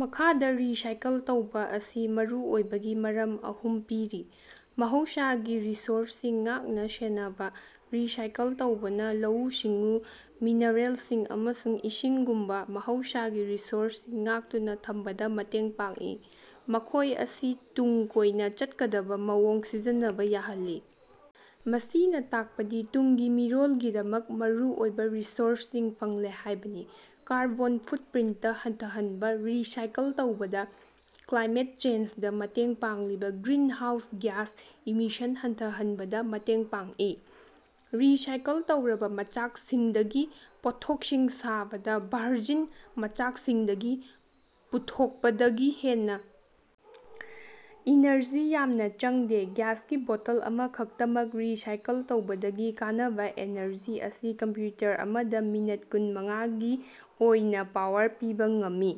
ꯃꯈꯥꯗ ꯔꯤꯁꯥꯏꯀꯜ ꯇꯧꯕꯥ ꯑꯁꯤ ꯃꯔꯨꯑꯣꯏꯕꯒꯤ ꯃꯔꯝ ꯑꯍꯨꯝ ꯄꯤꯔꯤ - ꯃꯍꯧꯁꯥꯒꯤ ꯔꯤꯁꯣꯔꯁꯁꯤꯡ ꯉꯥꯛ-ꯁꯦꯅꯕ - ꯔꯤꯁꯥꯏꯀꯜ ꯇꯧꯕꯅ ꯂꯧꯎ-ꯁꯤꯡꯎ, ꯃꯤꯅꯔꯦꯜꯁꯤꯡ, ꯑꯃꯁꯨꯡ ꯏꯁꯤꯡꯒꯨꯝꯕ ꯃꯍꯧꯁꯥꯒꯤ ꯔꯤꯁꯣꯔꯁꯁꯤꯡ ꯉꯥꯛꯇꯨꯅ ꯊꯝꯕꯗ ꯃꯇꯦꯡ ꯄꯥꯡꯏ, ꯃꯈꯣꯏ ꯑꯁꯤ ꯇꯨꯡ ꯀꯣꯏꯅ ꯆꯠꯀꯗꯕ ꯃꯑꯣꯡꯗ ꯁꯤꯖꯤꯟꯅꯕ ꯌꯥꯍꯜꯂꯤ꯫ ꯃꯁꯤꯅ ꯇꯥꯛꯄꯗꯤ ꯇꯨꯡꯒꯤ ꯃꯤꯔꯣꯜꯒꯤꯗꯃꯛ ꯃꯔꯨꯑꯣꯏꯕ ꯔꯤꯁꯣꯔꯁꯁꯤꯡ ꯐꯪꯂꯦ ꯍꯥꯏꯕꯅꯤ꯫ ꯀꯥꯔꯕꯣꯟ ꯐꯨꯠꯄ꯭ꯔꯤꯟꯇ ꯍꯟꯊꯍꯟꯕ - ꯔꯤꯁꯥꯏꯀꯜ ꯇꯧꯕꯅ ꯀ꯭ꯂꯥꯏꯃꯦꯠ ꯆꯦꯟꯖꯗ ꯃꯇꯦꯡ ꯄꯥꯡꯂꯤꯕ ꯒ꯭ꯔꯤꯟꯍꯥꯎꯁ ꯒ꯭ꯌꯥꯁ ꯏꯃꯤꯁꯟ ꯍꯟꯊꯍꯟꯕꯗ ꯃꯇꯦꯡ ꯄꯥꯡꯏ꯫ ꯔꯤꯁꯥꯏꯀꯜ ꯇꯧꯔꯕ ꯃꯆꯥꯛꯁꯤꯡꯗꯒꯤ ꯄꯣꯠꯊꯣꯛꯁꯤꯡ ꯁꯥꯕꯗ ꯚꯥꯔꯖꯤꯟ ꯃꯆꯥꯛꯁꯤꯡꯗꯒꯤ ꯄꯨꯊꯣꯛꯄꯗꯒꯤ ꯍꯦꯟꯅ ꯏꯅꯔꯖꯤ ꯌꯥꯝꯅ ꯆꯪꯗꯦ꯫ ꯒ꯭ꯂꯥꯁꯀꯤ ꯕꯣꯇꯜ ꯑꯃꯈꯛꯇꯃꯛ ꯔꯤꯁꯥꯏꯀꯜ ꯇꯧꯕꯗꯒꯤ ꯀꯥꯟꯅꯕ ꯑꯦꯅꯔꯖꯤ ꯑꯁꯤ ꯀꯝꯄ꯭ꯌꯨꯇꯔ ꯑꯃꯗ ꯃꯤꯅꯠ ꯀꯨꯟ ꯃꯉꯥꯒꯤ ꯑꯣꯏꯅ ꯄꯥꯋꯔ ꯄꯤꯕ ꯉꯝꯃꯤ꯫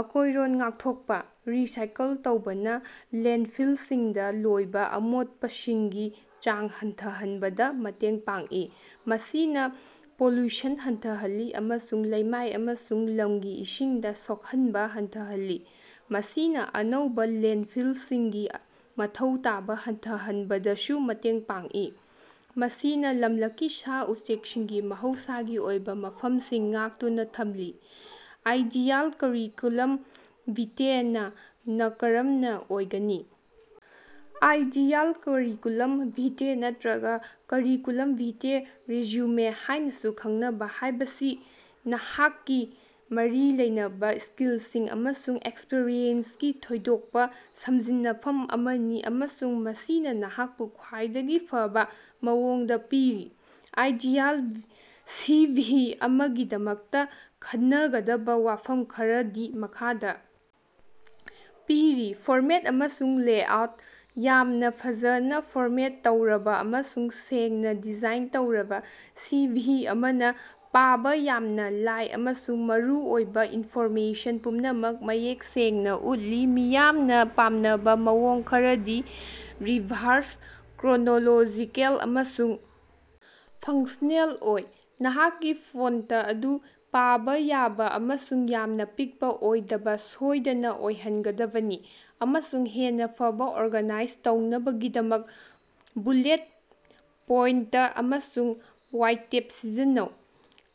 ꯑꯀꯣꯏꯔꯣꯟ ꯉꯥꯛꯊꯣꯛꯄ - ꯔꯤꯁꯥꯏꯀꯜ ꯇꯧꯕꯅ ꯂꯦꯟꯗꯐꯤꯜꯁꯤꯡꯗ ꯂꯣꯏꯕ ꯑꯃꯣꯠꯄꯁꯤꯡꯒꯤ ꯆꯥꯡ ꯍꯟꯊꯍꯟꯕꯗ ꯃꯇꯦꯡ ꯄꯥꯡꯏ, ꯃꯁꯤꯅ ꯄꯣꯂꯨꯁꯟ ꯍꯟꯊꯍꯜꯂꯤ ꯑꯃꯁꯨꯡ ꯂꯩꯃꯥꯏ ꯑꯃꯁꯨꯡ ꯂꯝꯒꯤ ꯏꯁꯤꯡꯗ ꯁꯣꯛꯍꯟꯕ ꯍꯟꯊꯍꯜꯂꯤ꯫ ꯃꯁꯤꯅ ꯑꯅꯧꯕ ꯂꯦꯟꯗꯐꯤꯜꯁꯤꯡꯒꯤ ꯃꯊꯧ ꯇꯥꯕ ꯍꯟꯊꯍꯟꯕꯗꯁꯨ ꯃꯇꯦꯡ ꯄꯥꯡꯏ, ꯃꯁꯤꯅ ꯂꯝꯂꯛꯀꯤ ꯁꯥ-ꯎꯆꯦꯛꯁꯤꯡꯒꯤ ꯃꯍꯧꯁꯥꯒꯤ ꯑꯣꯏꯕ ꯃꯐꯝꯁꯤꯡ ꯉꯥꯛꯇꯨꯅ ꯊꯝꯂꯤ꯫ ꯑꯥꯏꯗꯤꯌꯥꯜ ꯀꯔꯤꯀꯨꯂꯝ ꯚꯤꯇꯦ ꯅꯥ ꯅꯀꯔꯝꯅ ꯑꯣꯏꯒꯅꯤ? ꯑꯥꯏꯗꯤꯌꯥꯜ ꯀꯔꯤꯀꯨꯂꯝ ꯚꯤꯇꯦ ꯅꯠꯇ꯭ꯔꯒ ꯀꯔꯤꯀꯨꯂꯝ ꯚꯤꯇꯦ ꯔꯤꯖ꯭ꯌꯨꯃꯦ ꯍꯥꯏꯅꯁꯨ ꯈꯪꯅꯕ ꯍꯥꯏꯕꯁꯤ ꯅꯍꯥꯛꯀꯤ ꯃꯔꯤ ꯂꯩꯅꯕ ꯁ꯭ꯀꯤꯜꯁꯤꯡ ꯑꯃꯁꯨꯡ ꯑꯦꯛꯁꯄꯤꯔꯤꯑꯦꯟꯁꯀꯤ ꯊꯣꯏꯗꯣꯛꯄ ꯁꯝꯖꯤꯟꯅꯐꯝ ꯑꯃꯅꯤ ꯑꯃꯁꯨꯡ ꯃꯁꯤꯅ ꯅꯍꯥꯛꯄꯨ ꯈ꯭ꯋꯥꯏꯗꯒꯤ ꯐꯕꯥ ꯃꯑꯣꯡꯗ ꯄꯤꯔꯤ꯫ ꯑꯥꯏꯗꯤꯌꯥꯜ ꯁꯤꯚꯤ ꯑꯃꯒꯤꯗꯃꯛꯇ ꯈꯟꯅꯒꯗꯕ ꯋꯥꯐꯝ ꯈꯔꯗꯤ ꯃꯈꯥꯗ ꯄꯤꯔꯤ ꯐꯣꯔꯃꯦꯠ ꯑꯃꯁꯨꯡ ꯂꯦꯑꯥꯎꯠ ꯌꯥꯝꯅ ꯐꯖꯅ ꯐꯣꯔꯃꯦꯠ ꯇꯧꯔꯕ ꯑꯃꯁꯨꯡ ꯁꯦꯡꯅ ꯗꯤꯖꯥꯏꯟ ꯇꯧꯔꯕ ꯁꯤꯚꯤ ꯑꯃꯅ ꯄꯥꯕ ꯌꯥꯝꯅ ꯂꯥꯏ ꯑꯃꯁꯨꯡ ꯃꯔꯨꯑꯣꯏꯕ ꯏꯟꯐꯣꯔꯃꯦꯁꯟ ꯄꯨꯝꯅꯃꯛ ꯃꯌꯦꯛ ꯁꯦꯡꯅ ꯎꯠꯂꯤ꯫ ꯃꯤꯌꯥꯝꯅ ꯄꯥꯝꯅꯕ ꯃꯑꯣꯡ ꯈꯔꯗꯤ ꯔꯤꯚꯥꯔꯁ ꯀ꯭ꯔꯣꯅꯣꯂꯣꯖꯤꯀꯦꯜ ꯑꯃꯁꯨꯡ ꯐꯪꯛꯁ꯭ꯅꯦꯜ ꯑꯣꯏ꯫ ꯅꯍꯥꯛꯀꯤ ꯐꯣꯟꯇ ꯑꯗꯨ ꯄꯥꯕ ꯌꯥꯕ ꯑꯃꯁꯨꯡ ꯌꯥꯝꯅ ꯄꯤꯛꯄ ꯑꯣꯏꯗꯕ ꯁꯣꯏꯗꯅ ꯑꯣꯏꯍꯟꯒꯗꯕꯅꯤ, ꯑꯃꯁꯨꯡ ꯍꯦꯟꯅ ꯐꯕ ꯑꯣꯔꯒꯥꯅꯥꯏꯖ ꯇꯧꯅꯕꯒꯤꯗꯃꯛ ꯕꯨꯂꯦꯠ ꯄꯣꯏꯟꯇ ꯑꯃꯁꯨꯡ ꯋꯥꯏꯇꯦꯞ ꯁꯤꯖꯤꯟꯅꯧ꯫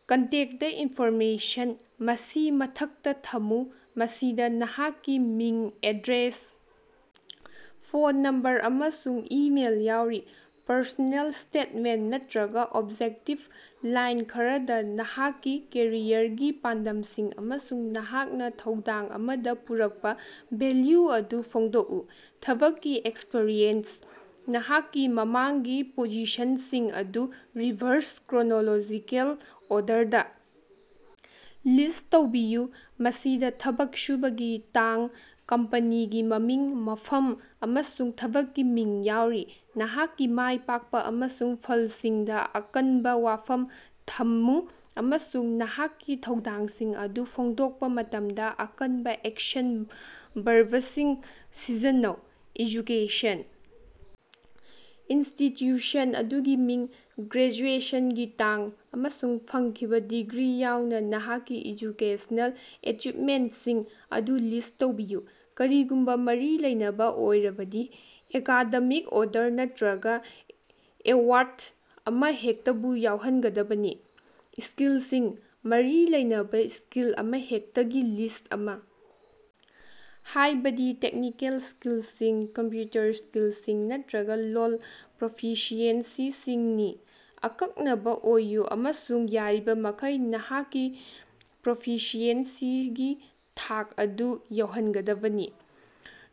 ꯀꯟꯇꯦꯛꯇ ꯏꯟꯐꯣꯔꯃꯦꯁꯟ ꯃꯁꯤ ꯃꯊꯛꯇ ꯊꯝꯃꯨ, ꯃꯁꯤꯗ ꯅꯍꯥꯛꯀꯤ ꯃꯤꯡ, ꯑꯦꯗ꯭ꯔꯦꯁ ꯐꯣꯟ ꯅꯝꯕꯔ, ꯑꯃꯁꯨꯡ ꯏꯃꯦꯏꯜ ꯌꯥꯎꯔꯤ꯫ ꯄꯔꯁꯣꯅꯦꯜ ꯁ꯭ꯇꯦꯠꯃꯦꯟꯇ ꯅꯠꯇꯔꯒ ꯑꯣꯕꯖꯦꯛꯇꯤꯕ ꯂꯥꯏꯟ ꯈꯔꯗ, ꯅꯍꯥꯛꯀꯤ ꯀꯦꯔꯤꯌꯔꯒꯤ ꯄꯥꯟꯗꯝꯁꯤꯡ ꯑꯃꯁꯨꯡ ꯅꯍꯥꯛꯅ ꯊꯧꯗꯥꯡ ꯑꯃꯗ ꯄꯨꯔꯛꯄ ꯚꯦꯂ꯭ꯌꯨ ꯑꯗꯨ ꯐꯣꯡꯗꯣꯛꯎ꯫ ꯊꯕꯛꯀꯤ ꯑꯦꯛꯁꯄꯤꯔꯤꯑꯦꯟꯁ ꯅꯍꯥꯛꯀꯤ ꯃꯃꯥꯡꯒꯤ ꯄꯣꯖꯤꯁꯟꯁꯤꯡ ꯑꯗꯨ ꯔꯤꯚꯔꯁ ꯀ꯭ꯔꯣꯅꯣꯂꯣꯖꯤꯀꯦꯜ ꯑꯣꯔꯗꯔꯗ ꯂꯤꯁ꯭ꯠ ꯇꯧꯕꯤꯌꯨ, ꯃꯁꯤꯗ ꯊꯕꯛ ꯁꯨꯕꯒꯤ ꯇꯥꯡ, ꯀꯝꯄꯅꯤꯒꯤ ꯃꯃꯤꯡ, ꯃꯐꯝ, ꯑꯃꯁꯨꯡ ꯊꯕꯛꯀꯤ ꯃꯤꯡ ꯌꯥꯎꯔꯤ꯫ ꯅꯍꯥꯛꯀꯤ ꯃꯥꯏ ꯄꯥꯛꯄ ꯑꯃꯁꯨꯡ ꯐꯜꯁꯤꯡꯗ‌ ꯑꯀꯟꯕ ꯋꯥꯐꯝ ꯊꯝꯃꯨ, ꯑꯃꯁꯨꯡ ꯅꯍꯥꯛꯀꯤ ꯊꯧꯗꯥꯡꯁꯤꯡ ꯑꯗꯨ ꯐꯣꯡꯗꯣꯛꯄ ꯃꯇꯝꯗ ꯑꯀꯟꯕ ꯑꯦꯛꯁꯟ ꯕꯔꯕꯁꯤꯡ ꯁꯤꯖꯤꯟꯅꯧ꯫ ꯑꯦꯖꯨꯀꯦꯁꯟ ꯏꯟꯁꯇꯤꯇ꯭ꯌꯨꯁꯟ ꯑꯗꯨꯒꯤ ꯃꯤꯡ, ꯒ꯭ꯔꯦꯖꯨꯑꯦꯁꯟꯒꯤ ꯇꯥꯡ, ꯑꯃꯁꯨꯡ ꯐꯪꯈꯤꯕ ꯗꯤꯒ꯭ꯔꯤ ꯌꯥꯎꯅ ꯅꯍꯥꯛꯀꯤ ꯑꯦꯖꯨꯀꯦꯁꯅꯦꯜ ꯑꯦꯆꯤꯚꯃꯦꯟꯇꯁꯤꯡ ꯑꯗꯨ ꯂꯤꯁ꯭ꯠ ꯇꯧꯕꯤꯌꯨ꯫ ꯀꯔꯤꯒꯨꯝꯕ ꯃꯔꯤ ꯂꯩꯅꯕ ꯑꯣꯏꯔꯕꯗꯤ, ꯑꯦꯀꯥꯗꯦꯃꯤꯛ ꯑꯣꯅꯔ ꯅꯠꯇꯔꯒ ꯑꯦꯋꯥꯔꯗ ꯑꯃꯍꯦꯛꯇꯕꯨ ꯌꯥꯎꯍꯟꯒꯗꯕꯅꯤ꯫ ꯁ꯭ꯀꯤꯜꯁꯤꯡ ꯃꯔꯤ ꯂꯩꯅꯕ ꯁ꯭ꯀꯤꯜ ꯑꯃꯍꯦꯛꯇꯒꯤ ꯂꯤꯁ꯭ꯠ ꯑꯃ ꯍꯥꯏꯕꯗꯤ ꯇꯦꯛꯅꯤꯀꯦꯜ ꯁ꯭ꯀꯤꯜꯁꯤꯡ, ꯀꯝꯄ꯭ꯌꯨꯇꯔ ꯁ꯭ꯀꯤꯜꯁꯤꯡ, ꯅꯠꯇ꯭ꯔꯒ ꯂꯣꯜ ꯄ꯭ꯔꯣꯐꯤꯁꯤꯑꯦꯟꯁꯤꯁꯤꯡꯅꯤ꯫ ꯑꯀꯛꯅꯕ ꯑꯣꯏꯌꯨ ꯑꯃꯁꯨꯡ ꯌꯥꯔꯤꯕꯃꯈꯩ ꯅꯍꯥꯛꯀꯤ ꯄ꯭ꯔꯣꯐꯤꯁꯤꯑꯦꯟꯁꯤꯒꯤ ꯊꯥꯛ ꯑꯗꯨ ꯌꯥꯎꯍꯟꯒꯗꯕꯅꯤ꯫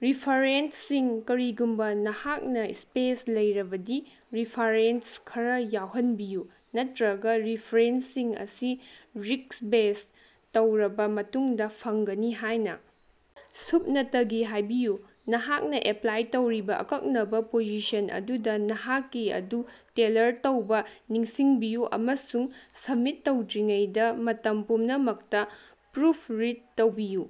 ꯔꯦꯐꯥꯔꯦꯟꯁꯁꯤꯡ -ꯀꯔꯤꯒꯨꯝꯕ ꯅꯍꯥꯛꯅ ꯁ꯭ꯄꯦꯁ ꯂꯩꯔꯕꯗꯤ, ꯔꯦꯐꯥꯔꯦꯟꯁ ꯈꯔꯥ ꯌꯥꯎꯍꯟꯕꯤꯌꯨ, ꯅꯠꯇꯔꯒ ꯔꯤꯐꯔꯦꯟꯁꯁꯤꯡ ꯑꯁꯤ ꯔꯤꯛꯕꯦꯁ꯭ꯠ ꯇꯧꯔꯕ ꯃꯇꯨꯡꯗ ꯐꯪꯒꯅꯤ ꯍꯥꯏꯅ ꯁꯨꯞꯅꯇꯒꯤ ꯍꯥꯏꯕꯤꯌꯨ꯫ ꯅꯍꯥꯛꯅ ꯑꯦꯄ꯭ꯂꯥꯏ ꯇꯧꯔꯤꯕ ꯑꯀꯛꯅꯕ ꯄꯣꯖꯤꯁꯟ ꯑꯗꯨꯗ‌ ꯅꯍꯥꯛꯀꯤ ꯑꯗꯨ ꯇꯦꯜꯂꯔ ꯇꯧꯕ ꯅꯤꯡꯁꯤꯡꯕꯤꯌꯨ, ꯑꯃꯁꯨꯡ ꯁꯕꯃꯤꯠ ꯇꯧꯗ꯭ꯔꯤꯉꯩꯗ ꯃꯇꯝ ꯄꯨꯝꯅꯃꯛꯇ ꯄ꯭ꯔꯨꯐ ꯔꯤꯗ ꯇꯧꯕꯤꯌꯨ꯫